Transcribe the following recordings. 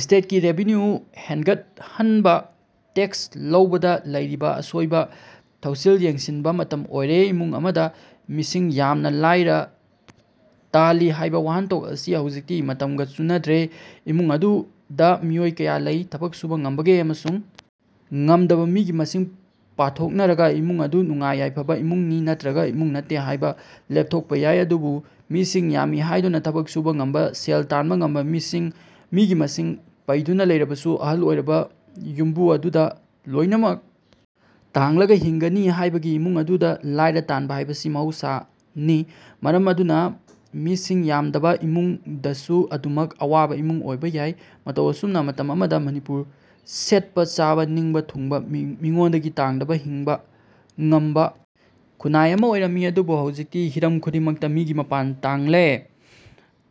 ꯁ꯭ꯇꯦꯠꯒꯤ revenue ꯍꯦꯟꯒꯠ ꯍꯟꯕ tax ꯂꯧꯕꯗ ꯂꯩꯔꯤꯕ ꯑꯁꯣꯏꯕ ꯊꯧꯁꯤꯜ ꯌꯦꯡꯁꯤꯟꯕ ꯃꯇꯝ ꯑꯣꯏꯔꯦ꯫ ꯏꯃꯨꯡ ꯑꯃꯗ ꯃꯤꯁꯤꯡ ꯌꯥꯝꯅ ꯂꯥꯏꯔ ꯇꯥꯜꯂꯤ ꯍꯥꯏꯕ ꯋꯥꯍꯟꯊꯣꯛ ꯑꯁꯤ ꯍꯧꯖꯤꯛꯇꯤ ꯃꯇꯝꯒ ꯆꯨꯅꯗ꯭ꯔꯦ꯫ ꯏꯃꯨꯡ ꯑꯗꯨꯗ ꯃꯤꯑꯣꯏ ꯀꯌꯥ ꯂꯩ, ꯊꯕꯛ ꯁꯨꯕ ꯉꯝꯕꯒꯦ ꯑꯃꯁꯨꯡ ꯉꯝꯗꯕ ꯃꯤꯒꯤ ꯃꯁꯤꯡ ꯄꯥꯊꯣꯛꯅꯔꯒ ꯏꯃꯨꯡ ꯑꯗꯨ ꯅꯨꯡꯉꯥꯏ-ꯌꯥꯏꯐꯕ ꯏꯃꯨꯡꯅꯤ ꯅꯠꯇ꯭ꯔꯒ ꯏꯃꯨꯡ ꯅꯠꯇꯦ ꯍꯥꯏꯕ ꯂꯦꯞꯊꯣꯛꯄ ꯌꯥꯏ꯫ ꯑꯗꯨꯕꯨ ꯃꯤꯁꯤꯡ ꯌꯥꯝꯃꯤ ꯍꯥꯏꯗꯨꯅ ꯊꯕꯛ ꯁꯨꯕ ꯉꯝꯕ, ꯁꯦꯜ ꯇꯥꯟꯕ ꯉꯝꯕ ꯃꯤꯁꯤꯡ ꯃꯤꯒꯤ ꯃꯁꯤꯡ ꯄꯩꯗꯨꯅ ꯂꯩꯔꯕꯁꯨ ꯑꯍꯜ ꯑꯣꯏꯔꯕ ꯌꯨꯝꯕꯨ ꯑꯗꯨꯗ ꯂꯣꯏꯅꯃꯛ ꯇꯥꯡꯂꯒ ꯍꯤꯡꯒꯅꯤ ꯍꯥꯏꯕꯗꯤ ꯏꯃꯨꯡ ꯑꯗꯨ ꯂꯥꯏꯔ ꯇꯥꯟꯕ ꯍꯥꯏꯕꯁꯤ ꯃꯍꯧ ꯁꯥꯅꯤ꯫ ꯃꯔꯝ ꯑꯗꯨꯅ ꯃꯤꯁꯤꯡ ꯌꯥꯝꯗꯕ ꯏꯃꯨꯡ ꯗꯁꯨ ꯑꯗꯨꯃꯛ ꯑꯋꯥꯕ ꯏꯃꯨꯡ ꯑꯣꯏꯕ ꯌꯥꯏ꯫ ꯃꯇꯧ ꯑꯁꯨꯝꯅ ꯃꯇꯝ ꯑꯃꯗ ꯃꯅꯤꯄꯨꯔ ꯁꯦꯠꯄ-ꯆꯥꯕ ꯅꯤꯡꯕ ꯊꯨꯡꯕ, ꯃꯤꯉꯣꯟꯗꯒꯤ ꯇꯥꯡꯗꯕ ꯍꯤꯡꯕ ꯉꯝꯕ ꯈꯨꯟꯅꯥꯏ ꯑꯃ ꯑꯣꯏꯔꯝꯃꯤ꯫ ꯑꯗꯨꯕꯨ ꯍꯧꯖꯤꯛꯇꯤ ꯍꯤꯔꯝ ꯈꯨꯗꯤꯡ ꯃꯛꯇ ꯃꯤꯒꯤ ꯃꯤꯄꯥꯜ ꯇꯥꯡꯂꯦ꯫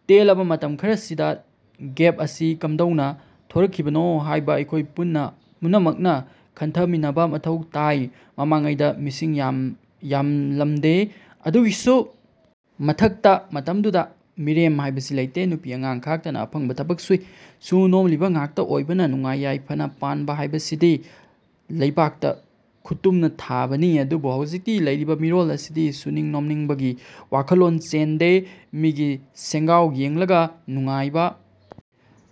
ꯇꯦꯜꯂꯕ ꯃꯇꯝ ꯈꯔꯁꯤꯗ ꯒꯦꯞ ꯑꯁꯤ ꯀꯝꯗꯧꯅ ꯊꯣꯔꯛ ꯈꯤꯕꯅꯣ ꯍꯥꯏꯕ ꯑꯩꯈꯣꯏ ꯄꯨꯟꯅꯥ ꯄꯨꯟꯅꯃꯛꯅ ꯈꯟꯊ ꯃꯤꯟꯅꯕ ꯃꯊꯧ ꯇꯥꯏ꯫ ꯃꯃꯥꯡ ꯉꯩꯗ ꯃꯤꯁꯤꯡ ꯌꯥꯝ ꯌꯥꯝ ꯂꯝꯗꯦ, ꯑꯗꯨꯒꯤꯁꯨ ꯃꯊꯛꯇ ꯃꯇꯝꯗꯨꯗ ꯃꯤꯔꯦꯝ ꯍꯥꯏꯕꯁꯤ ꯂꯩꯇꯦ꯫ ꯅꯨꯄꯤ ꯑꯉꯥꯡ ꯈꯥꯛꯇꯅ ꯑꯐꯪꯕ ꯊꯕꯛ ꯁꯨꯏ꯫ ꯁꯨ-ꯅꯣꯃꯂꯤꯕ ꯉꯥꯛꯇ ꯑꯣꯏꯕꯅ ꯅꯨꯡꯉꯥꯏ ꯌꯥꯏꯐꯅ ꯄꯥꯟꯕ ꯍꯥꯏꯕꯁꯤꯗꯤ ꯂꯩꯕꯥꯛꯇ ꯈꯨꯠꯇꯨꯃ ꯊꯥꯕꯅꯤ꯫ ꯑꯗꯨꯕꯨ ꯍꯧꯖꯤꯛ ꯂꯩꯔꯤꯕ ꯃꯤꯔꯣꯜ ꯑꯁꯤꯗꯤ ꯁꯨꯅꯤꯡ-ꯅꯣꯃꯅꯤꯡꯕꯒꯤ ꯋꯥꯈꯜꯂꯣꯟ ꯆꯦꯟꯗ, ꯃꯤꯒꯤ ꯁꯦꯟꯒꯥꯎ ꯌꯦꯡꯂꯒ ꯅꯨꯡꯉꯥꯏꯕ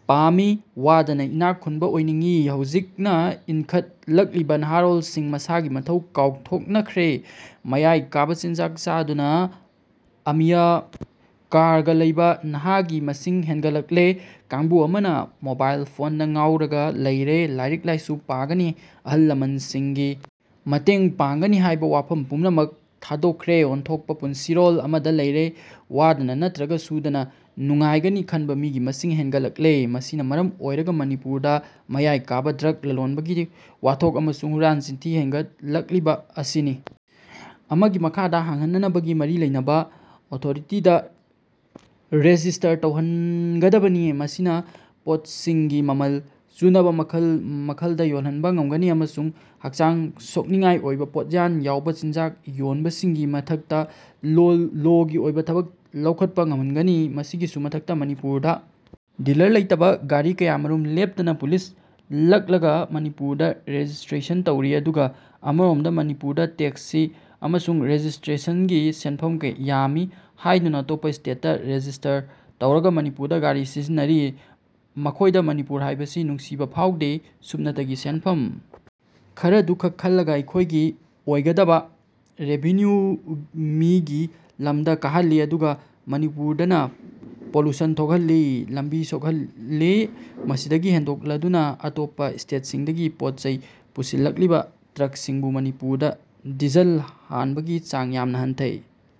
ꯄꯥꯝꯃꯤ꯫ ꯋꯥꯗꯅ ꯏꯅꯥꯛ ꯈꯨꯟꯕ ꯑꯣꯏꯅꯤꯡꯏ꯫ ꯍꯧꯖꯤꯛꯅ ꯏꯟꯈꯠ ꯂꯛꯂꯤꯕ ꯅꯍꯥꯔꯣꯜꯁꯤꯡ ꯃꯁꯥꯒꯤ ꯃꯊꯧ ꯀꯥꯎ ꯊꯣꯛꯅꯈ꯭ꯔꯦ꯫ ꯃꯌꯥꯏ ꯀꯥꯕ ꯆꯤꯟꯖꯥꯛ ꯆꯥꯗꯨꯅ ꯑꯃꯤꯌ ꯀꯥꯔꯒ ꯂꯩꯕ ꯅꯍꯥꯒꯤ ꯃꯁꯤꯡ ꯍꯦꯟꯒꯠ ꯂꯛꯂꯦ꯫ ꯀꯥꯡꯕꯨ ꯑꯃꯅ ꯃꯣꯕꯥꯏꯜ ꯐꯣꯟꯗ ꯉꯥꯎꯔꯒ ꯂꯩꯔꯦ꯫ ꯂꯥꯏꯔꯤꯛ-ꯂꯥꯏꯁꯨ ꯄꯥꯒꯅꯤ, ꯑꯍꯜ-ꯂꯃꯟꯁꯤꯡꯒꯤ ꯃꯇꯦꯡ ꯄꯥꯡꯒꯅꯤ ꯍꯥꯏꯕ ꯋꯥꯐꯝ ꯄꯨꯝꯅꯃꯛ ꯊꯥꯗꯣꯛꯈ꯭ꯔꯦ꯫ ꯑꯣꯟꯊꯣꯛꯄ ꯄꯨꯟꯁꯤꯔꯣꯜ ꯑꯃꯗ ꯂꯩꯔꯦ꯫ ꯋꯥꯗꯅ ꯅꯠꯇ꯭ꯔꯒ ꯁꯨꯗꯅ ꯅꯨꯡꯉꯥꯏꯒꯅꯤ ꯈꯟꯕ ꯃꯤꯒꯤ ꯃꯁꯤꯡ ꯍꯦꯟꯒꯠ ꯂꯛꯂꯦ꯫ ꯃꯁꯤꯅ ꯃꯔꯝ ꯑꯣꯏꯔꯒ ꯃꯅꯤꯄꯨꯔꯗ ꯃꯌꯥꯏ ꯀꯥꯕ ꯗ꯭ꯔꯒ ꯂꯂꯣꯟꯕꯒꯤ ꯋꯥꯊꯣꯛ ꯑꯃꯁꯨꯡ ꯍꯨꯔꯥꯟ-ꯆꯤꯟꯊꯤ ꯍꯦꯟꯒꯠ ꯂꯛꯂꯤꯕ ꯑꯁꯤꯅꯤ꯫ ꯑꯃꯒꯤ ꯃꯈꯥꯗ ꯍꯥꯡꯍꯟꯅꯅꯕ ꯃꯔꯤ ꯂꯩꯅꯕ ꯑꯣꯊꯣꯔꯤꯇꯤꯗ ꯔꯦꯖꯤꯁꯇꯥꯔ ꯇꯧꯍꯟ ꯒꯗꯕꯅꯤ꯫ ꯃꯁꯤꯅ ꯄꯣꯠꯁꯤꯡꯒꯤ ꯃꯃꯜ ꯆꯨꯅꯕ ꯃꯈꯜ ꯃꯈꯜꯗ ꯌꯣꯜꯍꯟꯕ ꯉꯝꯒꯅꯤ ꯑꯃꯁꯨꯡ ꯍꯛꯆꯥꯡ ꯁꯣꯛꯅꯤꯡꯉꯥꯏ ꯑꯣꯏꯕ, ꯄꯣꯠꯌꯥꯟ ꯌꯥꯎꯕ ꯆꯤꯟꯖꯥꯛ ꯌꯣꯟꯕꯁꯤꯡꯒꯤ ꯃꯊꯛꯇ ꯂꯣꯜ ꯂꯣꯒꯤ ꯑꯣꯏꯕ ꯊꯕꯛ ꯂꯧꯈꯠꯄ ꯉꯝꯍꯟꯒꯅꯤ꯫ ꯃꯁꯤꯒꯤꯁꯨ ꯃꯊꯛꯇ ꯃꯅꯤꯄꯨꯔꯗ ꯗꯤꯜꯂꯔ ꯂꯩꯇꯕ ꯒꯥꯔꯤ ꯀꯌꯥꯃꯔꯨꯝ ꯂꯦꯞꯇꯅ ꯄꯨꯁꯤꯜ ꯂꯛꯂꯒ ꯃꯅꯤꯄꯨꯔꯗ ꯔꯦꯖꯤꯁꯇ꯭ꯔꯦꯁꯟ ꯇꯧꯔꯤ꯫ ꯑꯗꯨꯒ ꯑꯃꯔꯣꯝꯗ ꯃꯅꯤꯄꯨꯔꯗ ꯇꯦꯛꯁꯤ ꯑꯃꯁꯨꯡ ꯔꯦꯖꯤꯁꯇ꯭ꯔꯦꯁꯟꯒꯤ ꯁꯦꯟꯐꯝ ꯌꯥꯝꯃꯤ ꯍꯥꯏꯗꯨꯅ ꯑꯇꯣꯞꯄ ꯁ꯭ꯇꯦꯠꯇ ꯔꯦꯖꯤꯁꯇꯥꯔ ꯇꯧꯔꯒ ꯃꯅꯤꯄꯨꯔꯗ ꯒꯥꯔꯤ ꯁꯤꯖꯤꯟꯅꯔꯤ꯫ ꯃꯈꯣꯏꯗ ꯃꯅꯤꯄꯨꯔ ꯍꯥꯏꯕꯁꯤ ꯅꯨꯡꯁꯤꯕ ꯐꯥꯎꯗꯦ꯫ ꯁꯨꯞꯅꯇꯒꯤ ꯁꯦꯟꯐꯝ ꯈꯔꯗꯨ ꯈꯛ ꯈꯟꯂꯒ ꯑꯩꯈꯣꯏꯒꯤ ꯑꯣꯏꯒꯗꯕ ꯔꯦꯚꯤꯅ꯭ꯌꯨ ꯃꯤꯒꯤ ꯂꯝꯗ ꯀꯥꯍꯟꯂꯤ꯫ ꯑꯗꯨꯒ ꯃꯅꯤꯄꯨꯔꯗꯅ ꯄꯣꯂꯨꯁꯟ ꯊꯣꯛꯍꯟꯂꯤ, ꯂꯝꯕꯤ ꯁꯣꯛꯍꯟꯂꯤ꯫ ꯃꯁꯤꯗꯒꯤ ꯍꯦꯟꯗꯣꯛꯂꯗꯨꯅ ꯑꯇꯣꯞꯄ ꯁ꯭ꯇꯦꯠꯁꯤꯡꯗꯒꯤ ꯄꯣꯠ-ꯆꯩ ꯄꯨꯁꯤꯟ ꯂꯛꯂꯤꯕ ꯇ꯭ꯔꯛꯁꯤꯡꯕꯨ ꯃꯅꯤꯄꯨꯔꯗ ꯗꯤꯖꯜ ꯍꯥꯟꯕꯒꯤ ꯆꯥꯡ ꯌꯥꯝꯅ ꯍꯟꯊꯩ꯫